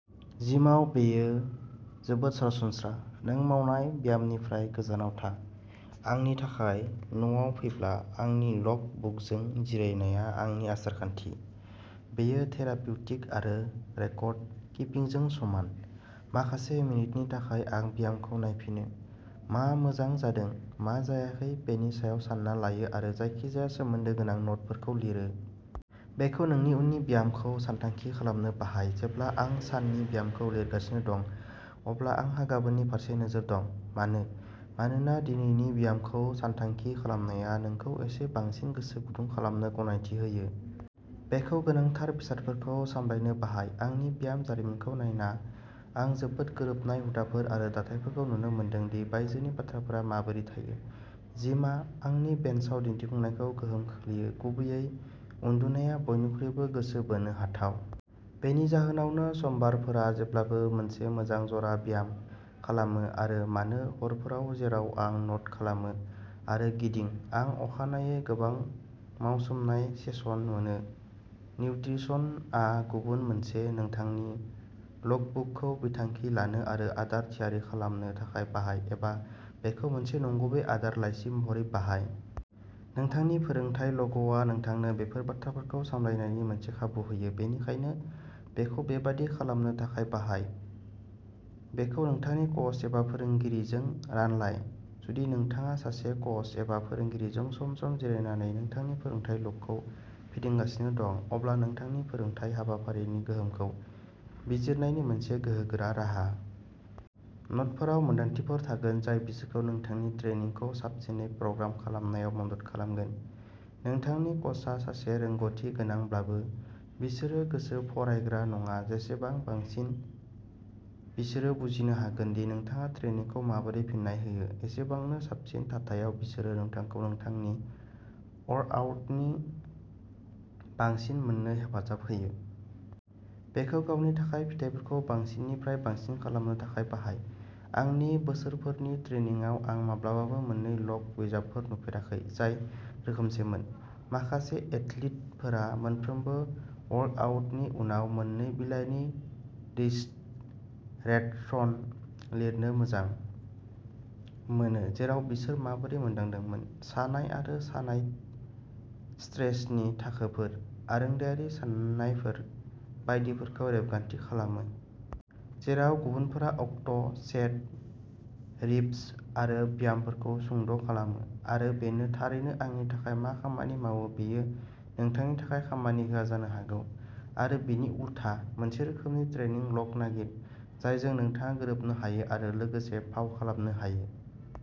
जिमाव बेयो जोबोद सरासनस्रा। नों मावनाय ब्यामनिफ्राय गोजानाव था। आंनि थाखाय, न'आव फैब्ला आंनि लग बुकजों जिरायनाया आंनि आसार-खान्थि। बेयो थेरापिउटिक आरो रेकर्ड किपिंजों समान। माखासे मिनिटनि थाखाय आं ब्यामखौ नायफिनो, मा मोजां जादों, मा जायाखै बेनि सायाव सान्ना लायो आरो जायखिजाया सोमोन्दो गोनां नटफोरखौ लिरो। बेखौ नोंनि उननि ब्यामखौ सानथांखि खालामनो बाहाय। जेब्ला आं साननि ब्यामखौ लिरगासिनो दं, अब्ला आंहा गाबोननि फारसे नोजोर दं। मानो? मानोना दिनैनि ब्यामखौ सानथांखि खालामनाया नोंखौ एसे बांसिन गोसो गुदुं खालामनो गनायथि होयो। बेखौ गोनांथार बेसादफोरखौ सामलायनो बाहाय। आंनि ब्याम जारिमिनखौ नायना आं जोबोद गोरोबनाय हुदाफोर आरो दाथायफोरखौ नुनो मोनदों दि बायजोनि बाथ्राफोरा माबोरै थायो। जिमआ आंनि बेन्चआव दिन्थिफुंनायखौ गोहोम खोख्लैयो। गुबैयै उन्दुनाया बयनिख्रुइबो गोसो बोनो हाथाव। बेनि जाहोनावनो समबारफोरा जेब्लाबो मोनसे मोजां ज'रा ब्याम खालामो, आरो मानो हरफोराव जेराव आं टस खालामो आरो गिदिं, आं अखानायै गोबां मावसोमनाय सेसन मोनो। निउत्रिसनआ गुबुन मोनसे। नोंथांनि लगबुकखौ बिथांखि लानो आरो आदार थियारि खालामनो थाखाय बाहाय, एबा बेखौ मोनसे नंगुबै आदार लाइसि महरै बाहाय। नोंथांनि फोरोंथाय लगआ नोंथांनो बेफोर बाथ्राफोरखौ सामलायनायनि मोनसे खाबु होयो, बेनिखायनो बेखौ बेबादि खालामनो थाखाय बाहाय। बेखौ नोंथांनि कच एबा फोरोंगिरिजों रानलाय। जुदि नोंथाङा सासे कच एबा फोरोंगिरिजों सम-सम जिरायनानै नोंथांनि फोरोंथाय लगखौ फिदिंगासिनो दं, अब्ला नोंथांनि फोरोंथाय हाबाफारिनि गोहोमखौ बिजिरनायनि मोनसे गोहोगोरा राहा। न'टफोराव मोनदांथिफोर थागोन जाय बिसोरखौ नोंथांनि ट्रेनिंखौ साबसिनै प्रग्राम खालामनायाव मदद खालामगोन। नोंथांनि कचआ सासे रोंग'थि गोनांब्लाबो, बिसोरो गोसो फरायग्रा नङा जेसेबां बांसिन बिसोरो बुजिनो हागोन दि नोंथाङा ट्रेनिंखौ माबोरै फिन्नाय होयो एसेबांनो साबसिन थाथायाव बिसोरो नोंथांखौ नोंथांनि वर्कआउटनिफ्राय बांसिन मोननो हेफाजाब होयो। बेखौ गावनि थाखाय फिथायफोरखौ बांसिननिफ्राय बांसिन खालामनो थाखाय बाहाय। आंनि बोसोरफोरनि ट्रेनिंआव आं माब्लाबाबो मोन्नै लग बिजाबफोर नुफेराखै जाय रोखोमसेमोन। माखासे एथलीटफोरा मोनफ्रोम वर्कआउटनि उनाव मोन्नै बिलाइनि डिसर्टेशन लिरनो मोजां मोनो, जेराव बिसोर माबोरै मोनदांदोंमोन, सानाय आरो सानाय, स्ट्रेसनि थाखोफोर, आरोंदायारि साननायफोर बायदिफोरखौ रेबगान्थि खालामो। जेराव गुबुनफोरा अक्ट', सेट, रिप्स आरो ब्यामफोरखौ सुंद' खालामो, आरो बेनो थारैनो आंनि थाखाय मा खामानि मावो बेयो नोंथांनि थाखाय खामानि होआ जानो हागौ, आरो बिनि उलथा। मोनसे रोखोमनि ट्रेनिं लग नागिर, जायजों नोंथाङा गोरोबनो हायो आरो लोगोसे फाव खालामनो हायो।